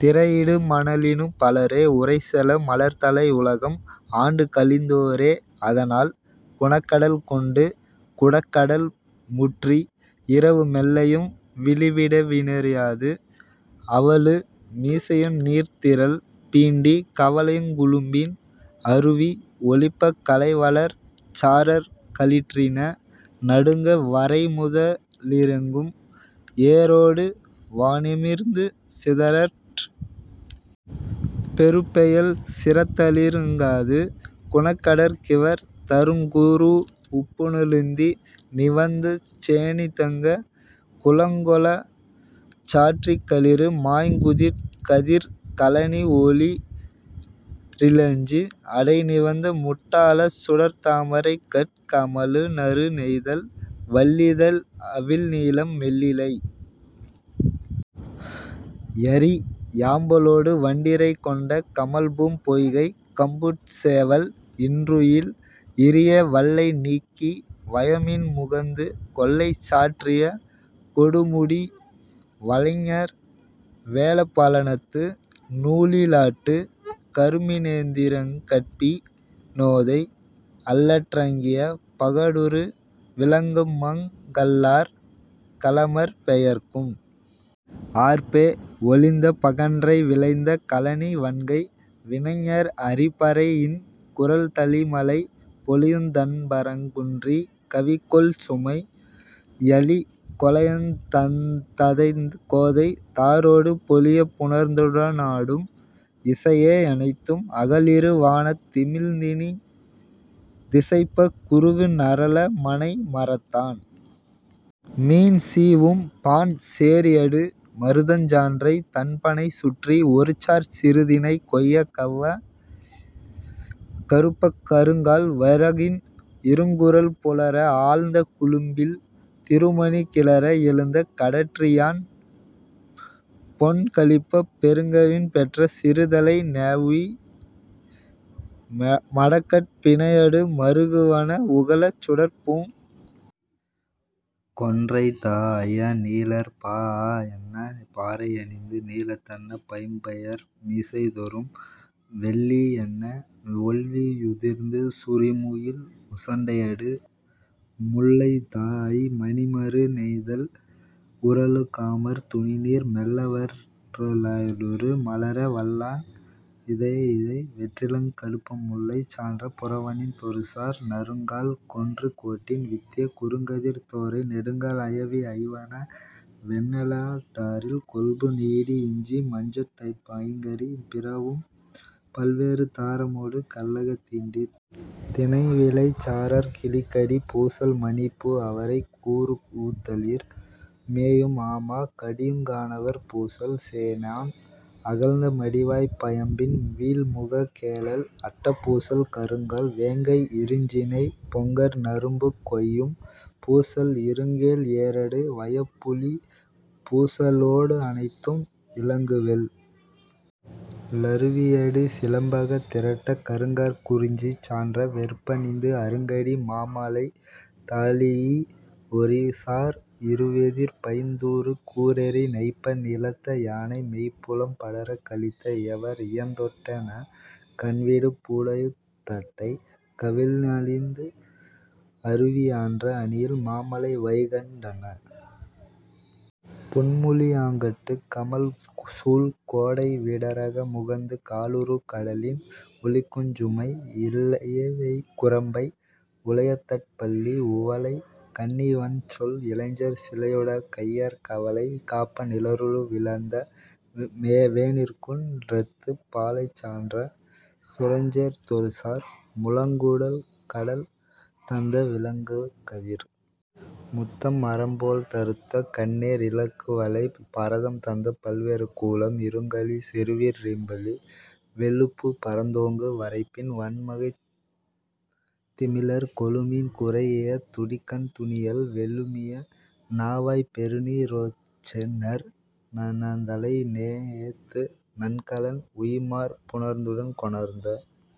திரையிடு மணலினும் பலரே உரைசெல மலர்தலை யுலகம் ஆண்டுகழிந் தோரே அதனால், குணகடல் கொண்டு குடகடல்முற்றி இரவு மெல்லையும் விளிவிட னறியாது அவலு மிசையு நீர்த்திரள் பீண்டிக் கவலையங் குழும்பின் அருவி ஒலிப்பக் கழைவளர் சாரற் களிற்றின நடுங்க வரைமுத லிரங்கும் ஏறொடு வான்ஞெமிர்ந்து சிதரற் பெரும்பெயல் சிறத்தலிற் றாங்காது குணகடற் கிவர்தருங் குரூஉப்புன லுந்தி நிவந்துசெ னீத்தங் குளங்கொளச் சாற்றிக் களிறு மாய்க்குங் கதிர்க் கழனி ஒளி றிலஞ்சி அடை நிவந்த முட் டாள சுடர்த் தாமரை கட் கமழு நறு நெய்தல் வள் ளிதழ் அவிழ் நீலம் மெல் லிலை யரி யாம்பலொடு வண்டிறை கொண்ட கமழ்பூம் பொய்கைக் கம்புட் சேவல் இன்றுயில் இரிய வள்ளை நீக்கி வயமீன் முகந்து கொள்ளை சாற்றிய கொடுமுடி வலைஞர் வேழப் பழனத்து நூழி லாட்டுக் கரும்பி னெந்திரங் கட்பி னோதை அள்ளற் றங்கிய பகடுறு விழுமங் கள்ளார் களமர் பெயர்க்கும் ஆர்ப்பே ஒலிந்த பகன்றை விளைந்த கழனி வன்கை வினைஞர் அரிபறை யின்குரல் தளிமழை பொழியுந் தண்பரங் குன்றிற் கவிகொள் சும்மை யலிகொ ளாயந் ததைந்த கோதை தாரொடு பொலியப் புணர்ந்துட னாடும் இசையே யனைத்தும் அகலிரு வானத் திமிழ்ந்தினி திசைப்பக் குருகு நரல மனை மரத்தான் மீன் சீவும் பாண் சேரியடு மருதஞ் சான்ற தண்பணை சுற்றிஒருசார்ச் சிறுதினை கொய்யக் கவ்வை கறுப்பக் கருங்கால் வரகின் இருங்குரல் புலர ஆழ்ந்த குழும்பில் திருமணி கிளர எழுந்த கடற்றி னன்பொன் கொழிப்பப் பெருங்கவின் பெற்ற சிறுதலை நெளவி மடக்கட் பிணையடு மறுகுவன உகளச் சுடர்ப்பூங் கொன்றை தாஅய நீழற் பாஅ யன்ன பாறை யணிந்து நீலத் தன்ன பைம்பயிர் மிசைதொறும் வெள்ளி யன்ன வொள்வி யுதிர்ந்து சுரிமுகிழ் முசுண்டையடு முல்லை தாஅய் மணிமரு ணெய்தல் உறழக் காமர் துணிநீர் மெல்லவற் றொய்யிலொடு மலர வல்லொன் தைஇய வெறிக்களங் கடுப்ப முல்லை சான்ற புறவணிந் தொருசார் நறுங்காழ் கொன்று கோட்டின் வித்திய குறுங்கதிர்த் தோரை நெடுங்கால் ஐயவி ஐவன வெண்ணெலொ டரில்கொள்பு நீடி இஞ்சி மஞ்சட் பைங்கறி பிறவும் பல்வேறு தாரமொடு கல்லகத் தீண்டித். தினைவிளை சாரற் கிளிகடி பூசல் மணிப்பூ அவரைக் குரூஉத்தளிர் மேயும் ஆமா கடியுங் கானவர் பூசல் சேணோன் அகழ்ந்த மடிவாய்ப் பயம்பின் வீழ்முகக் கேழல் அட்ட பூசல் கருங்கால் வேங்கை இருஞ்சினைப் பொங்கர் நறும்பூக் கொய்யும் பூசல் இருங்கேழ் ஏறடு வயப்புலிப் பூசலொ டனைத்தும் இலங்குவெள் ளருவியடு சிலம்பகத் திரட்டக் கருங்காற் குறிஞ்சி சான்ற வெற்பணிந்து அருங்கடி மாமலை தழீஇ ஒருசார் இருவெதிர்ப் பைந்தூறு கூரெரி நைப்ப நிழத்த யானை மேய்புலம் படரக் கலித்த இயவர் இயந்தொட் டன்ன கண்விடு புடையூஉத் தட்டை கவினழிந்து அருவி யான்ற அணியில் மாமலை வைகண் டன்ன புன்முளி யங்காட்டுக் கமழ்சூழ் கோடை விடரக முகந்து காலுறு கடலின் ஒலிக்குஞ் சும்மை இலைவேய் குரம்பை உழையதட் பள்ளி உவலைக் கண்ணி வன்சொல் இளைஞர் சிலையுடைக் கையர் கவலை காப்ப நிழலுரு விழந்த வேனிற்குன் றத்துப் பாலை சான்ற சுரஞ்சேர்ந் தொருசார் முழங்குகடல் தந்த விளங்குகதிர் முத்தம் அரம்போழ்ந் தறுத்த கண்ணேர் இலங்குவளை பரதர் தந்த பல்வேறு கூலம் இருங்கழிச் செறுவிற் றீம்புளி வெள்ளுப்புப் பரந்தோங்கு வரைப்பின் வன்கைத் திமிலர் கொழுமீன் குறைஇய துடிக்கண் துணியல் விழுமிய நாவாய் பெருநீ ரோச்சுநர் நனந்தலை தேஎத்து நன்கலன் உய்ம்மார் புணர்ந்துடன் கொணர்ந்த